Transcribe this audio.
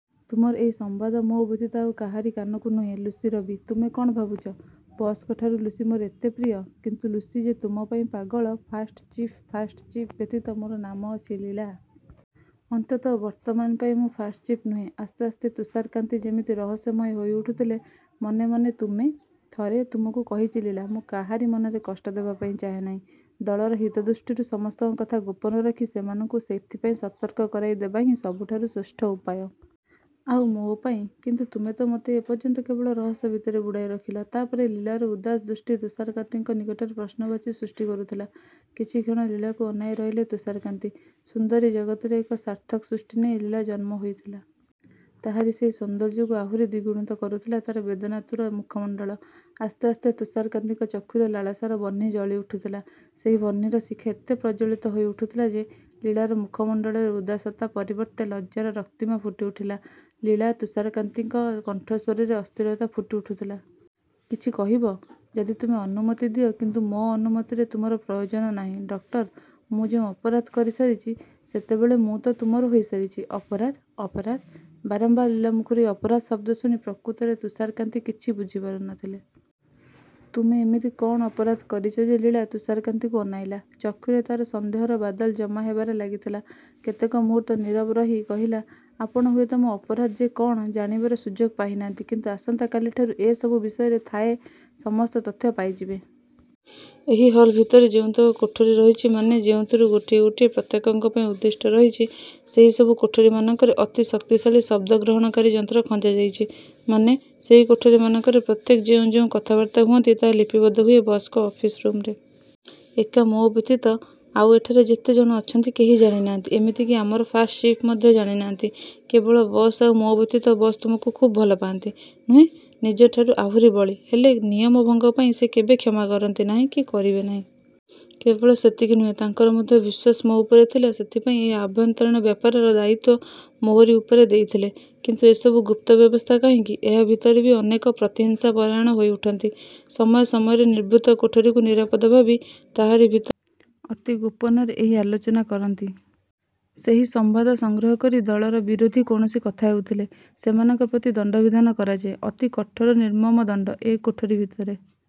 ତୁମର ଏହି ସମ୍ବାଦ ମୋ ବ୍ୟତୀତ ଆଉ କାହାରି କାନକୁ ନୁହେଁ। ଲୁସିର ବି। ତୁମେ କଣ ଭାବୁଛ, ବସ୍‌ଙ୍କଠାରୁ ଲୁସି ମୋର ଏତେ ପ୍ରିୟ? କିନ୍ତୁ ଲୁସି ଯେ ତୁମ ପାଇଁ ପାଗଳ, ଫାଷ୍ଟ ଚିଫ୍। ଫାଷ୍ଟ ଚିଫ୍ ବ୍ୟତୀତ ମୋର ନାମ ଅଛି, ଲୀଳା। ଅନ୍ତତଃ ବର୍ତ୍ତମାନ ପାଇଁ ମୁଁ ଫାଷ୍ଟ ଚିଫ୍ ନୁହେଁ। ଆସ୍ତେ ଆସ୍ତେ ତୁଷାରକାନ୍ତି ଯେମିତି ରହସ୍ୟମୟ ହୋଇଉଠୁଥିଲେ। ମନେ ମନେ, ତୁମେ? ଥରେ ତୁମକୁ କହିଛି ଲୀଳା, ମୁଁ କାହାରି ମନରେ କଷ୍ଟ ଦେବା ପାଇଁ ଚାହେଁ ନାହିଁ। ଦଳର ହିତ ଦୃଷ୍ଟିରୁ ସମସ୍ତଙ୍କ କଥା ଗୋପନ ରଖି, ସେମାନଙ୍କୁ ସେଥିପାଇଁ ସତର୍କ କରାଇଦେବା ହିଁ ସବୁଠାରୁ ଶ୍ରେଷ୍ଠ ଉପାୟ। ଆଉ ମୋ ପାଇଁ? କିନ୍ତୁ ତୁମେ ତ ମୋତେ ଏ ପର୍ଯ୍ୟନ୍ତ କେବଳ ରହସ୍ୟ ଭିତରେ ବୁଡ଼ାଇ ରଖିଲ। ତା ପରେ ଲୀଳାର ଉଦାସ ଦୃଷ୍ଟି ତୁଷାରକାନ୍ତିଙ୍କ ନିକଟରେ ପ୍ରଶ୍ନବାଚୀ ସୃଷ୍ଟି କରୁଥିଲା। କିଛିକ୍ଷଣ ଲୀଳାକୁ ଅନାଇ ରହିଲେ ତୁଷାରକାନ୍ତି। ସୁନ୍ଦରୀ ଜଗତରେ ଏକ ସାର୍ଥକ ସୃଷ୍ଟି ନେଇ ଲୀଳା ଜନ୍ମ ହୋଇଥିଲା। ତାହାରି ସେହି ସୌନ୍ଦର୍ଯ୍ୟକୁ ଆହୁରି ଦ୍ୱିଗୁଣିତ କରୁଥିଲା ତାର ବେଦନାତୁର ମୁଖମଣ୍ଡଳ। ଆସ୍ତେ ଆସ୍ତେ ତୁଷାରକାନ୍ତିଙ୍କ ଚକ୍ଷୁରେ ଲାଳସାର ବହ୍ନି ଜଳିଉଠୁଥିଲା। ସେହି ବହ୍ନିର ଶିଖା ଏତେ ପ୍ରଜ୍ଜ୍ୱଳିତ ହୋଇଉଠୁଥିଲା ଯେ, ଲୀଳାର ମୁଖମଣ୍ଡଳରେ ଉଦାସତା ପରିବର୍ତ୍ତେ ଲଜ୍ଜାର ରକ୍ତିମା ଫୁଟିଉଠିଲା। ଲୀଳା। ତୁଷାରକାନ୍ତିଙ୍କ କଣ୍ଠସ୍ୱରରେ ଅସ୍ଥିରତା ଫୁଟିଉଠୁଥିଲା। କିଛି କହିବ? ଯଦି ତୁମେ ଅନୁମତି ଦିଅ କିନ୍ତୁ ମୋ ଅନୁମତିରେ ତୁମର ପ୍ରୟୋଜନ ନାହିଁ, ଡକ୍ଟର। ମୁଁ ଯେଉଁ ଅପରାଧ କରିସାରିଛି, ସେତେବେଳେ ମୁଁ ତ ତୁମର ହୋଇସାରିଛି। ଅପରାଧ ଅପରାଧ। ବାରମ୍ବାର ଲୀଳା ମୁଖରୁ ଏହି ଅପରାଧ ଶବ୍ଦ ଶୁଣି ପ୍ରକୃତରେ ତୁଷାରକାନ୍ତି କିଛି ବୁଝିପାରୁନଥିଲେ। ତୁମେ ଏମିତି କଣ ଅପରାଧ କରିଛ ଯେ ଲୀଳା ତୁଷାରକାନ୍ତିଙ୍କୁ ଅନାଇଲା। ଚକ୍ଷୁରେ ତାର ସନ୍ଦେହର ବାଦଲ ଜମା ହେବାରେ ଲାଗିଥିଲା। କେତେକ ମୁହୂର୍ତ୍ତ ନୀରବ ରହି କହିଲା, ଆପଣ ହୁଏତ ମୋ ଅପରାଧ ଯେ କଣ, ଜାଣିବାର ସୁଯୋଗ ପାଇନାହାନ୍ତି। କିନ୍ତୁ ଆସନ୍ତା କାଲିଠାରୁ ଏ ସବୁ ବିଷୟରେ ଥାଏ ସମସ୍ତ ତଥ୍ୟ ପାଇଯିବେ। ଏହି ହଲ୍ ଭିତରେ ଯେଉଁତକ କୋଠରି ରହିଛି, ମାନେ, ଯେଉଁଥିରୁ ଗୋଟିଏ ଗୋଟିଏ ପ୍ରତ୍ୟେକଙ୍କ ପାଇଁ ଉଦ୍ଦିଷ୍ଟ ରହିଛି। ସେହିସବୁ କୋଠରିମାନଙ୍କରେ ଅତି ଶକ୍ତିଶାଳୀ ଶବ୍ଦଗ୍ରହଣକାରୀ ଯନ୍ତ୍ର ଖଞ୍ଜାଯାଇଛି। ମାନେ, ସେହି କୋଠରିମାନଙ୍କରେ ପ୍ରତ୍ୟେକ ଯେଉଁ ଯେଉଁ କଥାବାର୍ତ୍ତା ହୁଅନ୍ତି, ତାହା ଲିପିବଦ୍ଧ ହୁଏ ବସ୍‌ଙ୍କ ଅଫିସ୍ ରୁମ୍‌ରେ। ଏକା ମୋ ବ୍ୟତୀତ ଆଉ ଏଠାରେ ଯେତେ ଜଣ ଅଛନ୍ତି କେହି ଜାଣିନାହାନ୍ତି। ଏମିତି କି ଆମର ଫାଷ୍ଟ ଚିଫ୍ ମଧ୍ୟ ଜାଣିନାହାନ୍ତି। କେବଳ ବସ୍ ଆଉ ମୋ ବ୍ୟତୀତ ବସ୍ ତୁମକୁ ଖୁବ୍ ଭଲପାଆନ୍ତି, ନୁହେଁ? ନିଜ ଝିଅଠାରୁ ଆହୁରି ବଳି। ହେଲେ ନିୟମ ଭଙ୍ଗ ପାଇଁ ସେ କେବେ କ୍ଷମା କରନ୍ତି ନାହିଁ କି କରିବେ ନାହିଁ। କେବଳ ସେତିକି ନୁହେଁ, ତାଙ୍କର ମଧ୍ୟ ବିଶ୍ୱାସ ମୋ ଉପରେ ଥିଲା ସେଇଥିପାଇଁ ଏହି ଆଭ୍ୟନ୍ତରୀଣ ବ୍ୟାପାରର ଦାୟିତ୍ୱ ମୋହରି ଉପରେ ଦେଇଥିଲେ। କିନ୍ତୁ ଏ ସବୁ ଗୁପ୍ତ ବ୍ୟବସ୍ଥା କାହିଁକି? ଏହା ଭିତରେ ବି ଅନେକ ପ୍ରତିହିଂସାପରାୟଣ ହୋଇଉଠନ୍ତି। ସମୟ ସମୟରେ ନିଭୃତ କୋଠରିକୁ ନିରାପଦ ଭାବି ତାହାରି ଭିତରେ ଅତି ଗୋପନରେ ଏହି ଆଲୋଚନା କରନ୍ତି। ସେହି ସମ୍ବାଦ ସଂଗ୍ରହ କରି ଦଳର ବିରୋଧୀ କୌଣସି କଥା ହେଉଥିଲେ, ସେମାନଙ୍କ ପ୍ରତି ଦଣ୍ଡବିଧାନ କରାଯାଏ। ଅତି କଠୋର ନିର୍ମମ ଦଣ୍ଡ। ଏ କୋଠରି ଭିତରେ